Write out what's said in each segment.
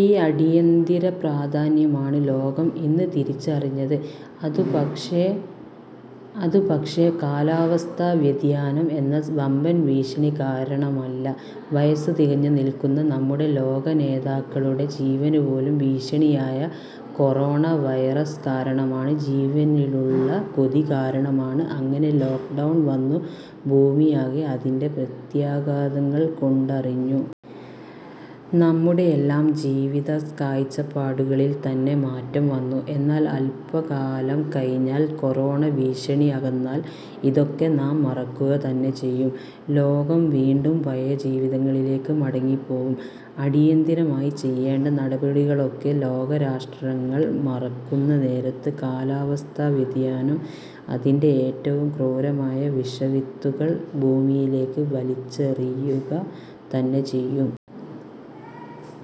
ഈ അടിയന്തിര പ്രാധാന്യമാണ് ലോകം ഇന്ന് തിരിച്ചറിഞ്ഞത്. അതു പക്ഷേ, കാലാവസ്ഥാ വ്യതിയാനം എന്ന വമ്പൻ ഭീഷണി കാരണമല്ല. വയസ്സു തികഞ്ഞു നില്‍ക്കുന്ന നമ്മുടെ ലോകനേതാക്കളുടെ ജീവനുപോലും ഭീഷണിയായ കൊറോണ വൈറസ് കാരണമാണ്. ജീവനിലുള്ള കൊതി കാരണമാണ്. അങ്ങനെ ലോക്ക്ഡൗൺ വന്നു. ഭൂമിയാകെ അതിന്‍റെ പ്രത്യാഘാതങ്ങള്‍ കൊണ്ടറിഞ്ഞു. നമ്മുടെയല്ലാം ജീവത കാഴ്ചപ്പാടുകളില്‍ തന്നെ മാറ്റം വന്നു. എന്നാല്‍, അല്പകാലം കഴിഞ്ഞാല്‍, കൊറോണ ഭീഷണി അകന്നാല്‍, ഇതൊക്കെ നാം മറക്കുക തന്നെ ചെയ്യും. ലോകം വീണ്ടും പഴയ ജീവിതങ്ങളിലേക്ക് മടങ്ങിപ്പോവും. അടിയന്തിരമായി ചെയ്യേണ്ട നടപടികളൊക്കെ ലോകരാഷ്ട്രങ്ങൾ മറക്കുന്ന നേരത്ത്, കാലാവസ്ഥാ വ്യതിയാനം, അതിന്‍റെ ഏറ്റവും ക്രൂരമായ വിഷവിത്തുകള്‍ ഭൂമിയിലേക്ക് വലിച്ചെറിയുക തന്നെ ചെയ്യും.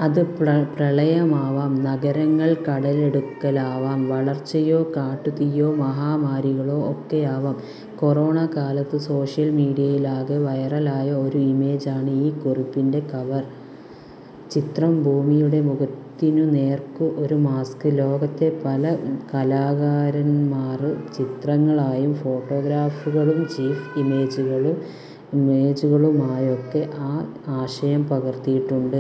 അത് പ്രളയമാവാം, നഗരങ്ങള്‍ കടലെടുക്കലാവാം, വളർച്ചയോ കാട്ടുതീയോ മഹാമാരികളോ ഒക്കെയാവാം. കൊറോണക്കാലത്ത് സോഷ്യല്‍ മീഡിയയിലാകെ വൈറലായ ഒരു ഇമേജ് ആണ് ഈ കുറിപ്പിന്‍റെ കവർ ചിത്രം. ഭൂമിയുടെ മുഖത്തിനു നേര്‍ക്കു ഒരു മാസ്ക്. ലോകത്തെ പല കലാകാരന്‍മാര്‍ ചിത്രങ്ങളായും ഫോട്ടോഗ്രാഫുകളും ജിഫ് ഇമേജുകളായുമൊക്കെ ആ ആശയം പകര്‍ത്തിയിട്ടുണ്ട്.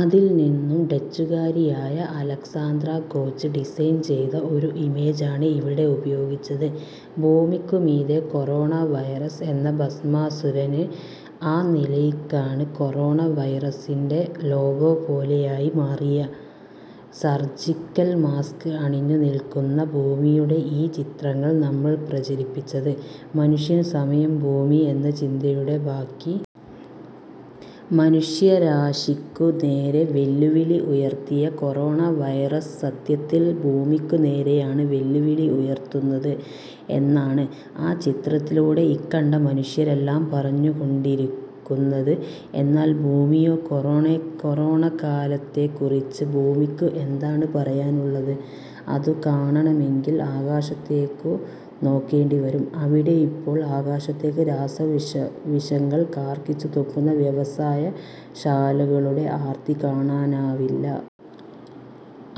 അതില്നിന്നും, ഡച്ചുകാരിയായ അലക്സാന്ദ്ര കോച്ച് ഡിസൈന് ചെയ്ത ഒരു ഇമേജാണ് ഇവിടെ ഉപയോഗിച്ചത്. ഭൂമിക്കു മീതെ കൊറോണ വൈറസ് എന്ന ഭസ്മാസുരന്. ആ നിലയ്ക്കാണ്, കൊറോണ വൈറസിന്‍റെ ലോഗോ പോലെയായി മാറിയ, സർജിക്കല് മാസ്ക് അണിഞ്ഞു നില്‍ക്കുന്ന ഭൂമിയുടെ ഈ ചിത്രങ്ങള്‍ നമ്മള്‍ പ്രചരിപ്പിച്ചത്. മനുഷ്യന് സമം ഭൂമി എന്ന ചിന്തയുടെ ബാക്കി. മനുഷ്യരാശിക്കു നേരെ വെല്ലുവിളി ഉയര്‍ത്തിയ കൊറോണ വൈറസ് സത്യത്തില്‍ ഭൂമിക്കു നേരെയാണ് വെല്ലുവിളി ഉയര്‍ത്തുന്നത് എന്നാണ്, ആ ചിത്രത്തിലൂടെ ഇക്കണ്ട മനുഷ്യരെല്ലാം പറഞ്ഞു കൊണ്ടിരിക്കുന്നത്. എന്നാല്‍ ഭൂമിയോ? കൊറോണക്കാലത്തെക്കുറിച്ച് ഭൂമിക്ക് എന്താണ് പറയാനുള്ളത്? അതു കാണണമെങ്കില്, ആകാശത്തേക്കു നോക്കേണ്ടി വരും. അവിടെയിപ്പോൾ ആകാശത്തേക്ക് രാസവിഷങ്ങൾ കാര്‍ക്കിച്ചു തുപ്പുന്ന വ്യവസായ ശാലകളുടെ ആര്‍ത്തി കാണാനാവില്ല.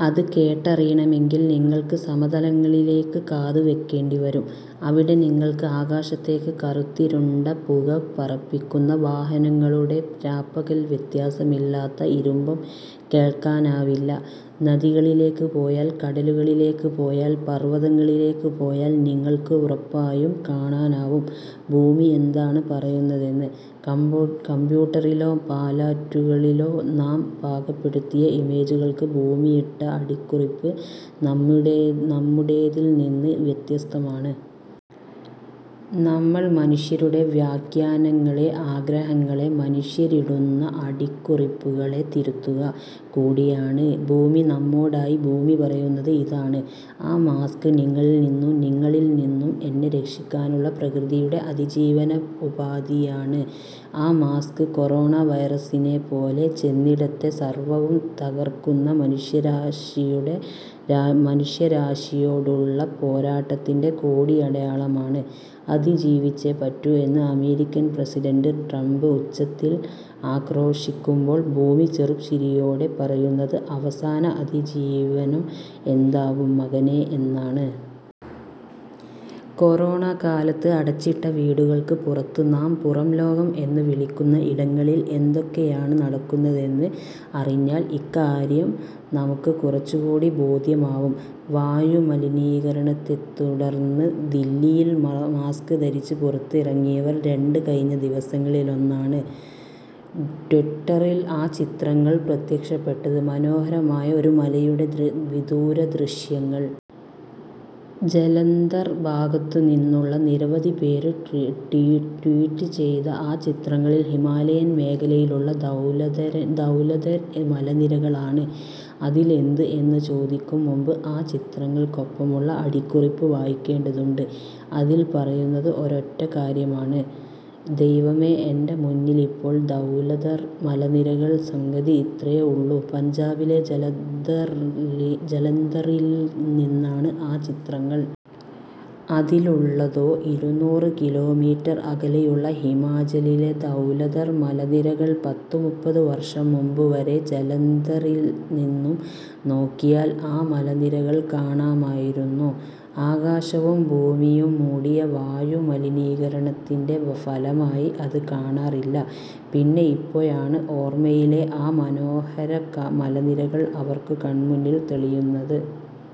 അത് കേട്ടറിയണമെങ്കില്‍, നിങ്ങള്‍ക്ക് സമതലങ്ങളിലേക്ക് കാതുവെക്കേണ്ടി വരും. അവിടെ നിങ്ങള്‍ക്ക്, ആകാശത്തേക്ക് കറുത്തിരുണ്ട പുക പറപ്പിക്കുന്ന വാഹനങ്ങളുടെ, രാപ്പകല്‍ വ്യത്യാസമില്ലാത്ത ഇരമ്പം കേള്‍ക്കാനാവില്ല. നദികളിലേക്ക് പോയാല്‍, കടലുകളിലേക്ക് പോയാല്‍, പര്‍വതങ്ങളിലേക്കു പോയാല്‍ നിങ്ങൾക്കുറപ്പായും കാണാനാവും, ഭൂമി എന്താണ് പറയുന്നതെന്ന്. കമ്പ്യൂട്ടറിലോ പാലറ്റുകളിലോ നാം പാകപ്പെടുത്തിയ ഇമേജുകള്‍ക്ക് ഭൂമിയിട്ട അടിക്കുറിപ്പ് നമ്മുടേതില്നിന്ന് വ്യത്യസ്തമാണ്. നമ്മള്‍ മനുഷ്യരുടെ വ്യാഖ്യാനങ്ങളെ, ആഗ്രഹങ്ങളെ, മനുഷ്യരിടുന്ന അടിക്കുറിപ്പുകളെ തിരുത്തുക കൂടിയാണ് ഭൂമി. നമ്മോടായി ഭൂമി പറയുന്നത് ഇതാണ്: ' ആ മാസ്ക് നിങ്ങളില്നിന്നും എന്നെ രക്ഷിക്കാനുള്ള പ്രകൃതിയുടെ അതിജീവന ഉപാധിയാണ്. ആ മാസ്ക്, കൊറോണ വൈറസിനെപ്പോലെ ചെന്നിടത്തെ സര്‍വ്വവും തകര്‍ക്കുന്ന മനുഷ്യരാശിയോടുള്ള പോരാട്ടത്തിന്‍റെ കൊടിയടയാളമാണ്. ' അതിജീവിച്ചേ പറ്റൂ എന്ന് അമേരിക്കന്‍ പ്രസിഡന്‍റ് ട്രംപ് ഉച്ചത്തില്‍ ആക്രോശിക്കുമ്പോള്‍, ഭൂമി ചെറു ചിരിയോടെ പറയുന്നത്, അവസാന അതിജീവനം എന്താവും മകനേ എന്നാണ്. കൊറോണക്കാലത്ത് അടച്ചിട്ട വീടുകള്‍ക്കു പുറത്ത്, നാം പുറം ലോകം എന്നു വിളിക്കുന്ന ഇടങ്ങളില്‍ എന്തൊക്കെയാണ് നടക്കുന്നതെന്ന് അറിഞ്ഞാല്‍, ഇക്കാര്യം നമുക്ക് കുറച്ചു കൂടി ബോധ്യമാവും. വായുമലിനീകരണത്തെത്തുടർന്നു ദില്ലിയിൽ മാസ്ക് ധരിച്ച് പുറത്തിറങ്ങിയവര്‍ രണ്ട് കഴിഞ്ഞ ദിവസങ്ങളിലൊന്നാണ്, ട്വിറ്ററിൽ ആ ചിത്രങ്ങള്‍ പ്രത്യക്ഷപ്പെട്ടത്. മനോഹരമായ ഒരു മലയുടെ വിദൂരദൃശ്യങ്ങൾ. ജലന്ധര്‍ ഭാഗത്തുനിന്നുള്ള നിരവധി പേര് ട്വീറ്റ് ചെയ്ത ആ ചിത്രങ്ങളില്‍ ഹിമാലയന് മേഖലയിലുള്ള ധൗലധര് മലനിരകളാണ്. അതിലെന്ത് എന്നു ചോദിക്കും മുമ്പ്, ആ ചിത്രങ്ങള്ക്കൊപ്പമുള്ള അടിക്കുറിപ്പ് വായിക്കേണ്ടതുണ്ട്. അതിൽപറയുന്നത് ഒരൊറ്റക്കാര്യമാണ്, ദൈവമേ, എന്‍റെ മുന്നിലിപ്പോൾ ധൗലധർ മലനിരകൾ! സംഗതി ഇത്രയേ ഉള്ളൂ. പഞ്ചാബിലെ ജലന്ധറില്നിന്നാണ് ആ ചിത്രങ്ങള്‍. അതിലുള്ളതോ ഇരുനൂറ് കിലോ മീറ്റര്‍ അകലെയുള്ള ഹിമാചലിലെ ധൗലധർ മലനിരകൾ. പത്തു മുപ്പതു വര്‍ഷം മുമ്പുവരെ ജലന്ധറില്നിന്നും നോക്കിയാല്‍ ആ മലനിരകൾ കാണാമായിരുന്നു. ആകാശവും ഭൂമിയും മൂടിയ വായുമലിനീകരണത്തിന്റെ ഫലമായി അത് കാണാറില്ല. പിന്നെ ഇപ്പോഴാണ്, ഓര്‍മ്മയിലെ ആ മനോഹര മലനിരകൾ അവര്‍ക്കു കണ്‍മുന്നില്‍ തെളിയുന്നത്.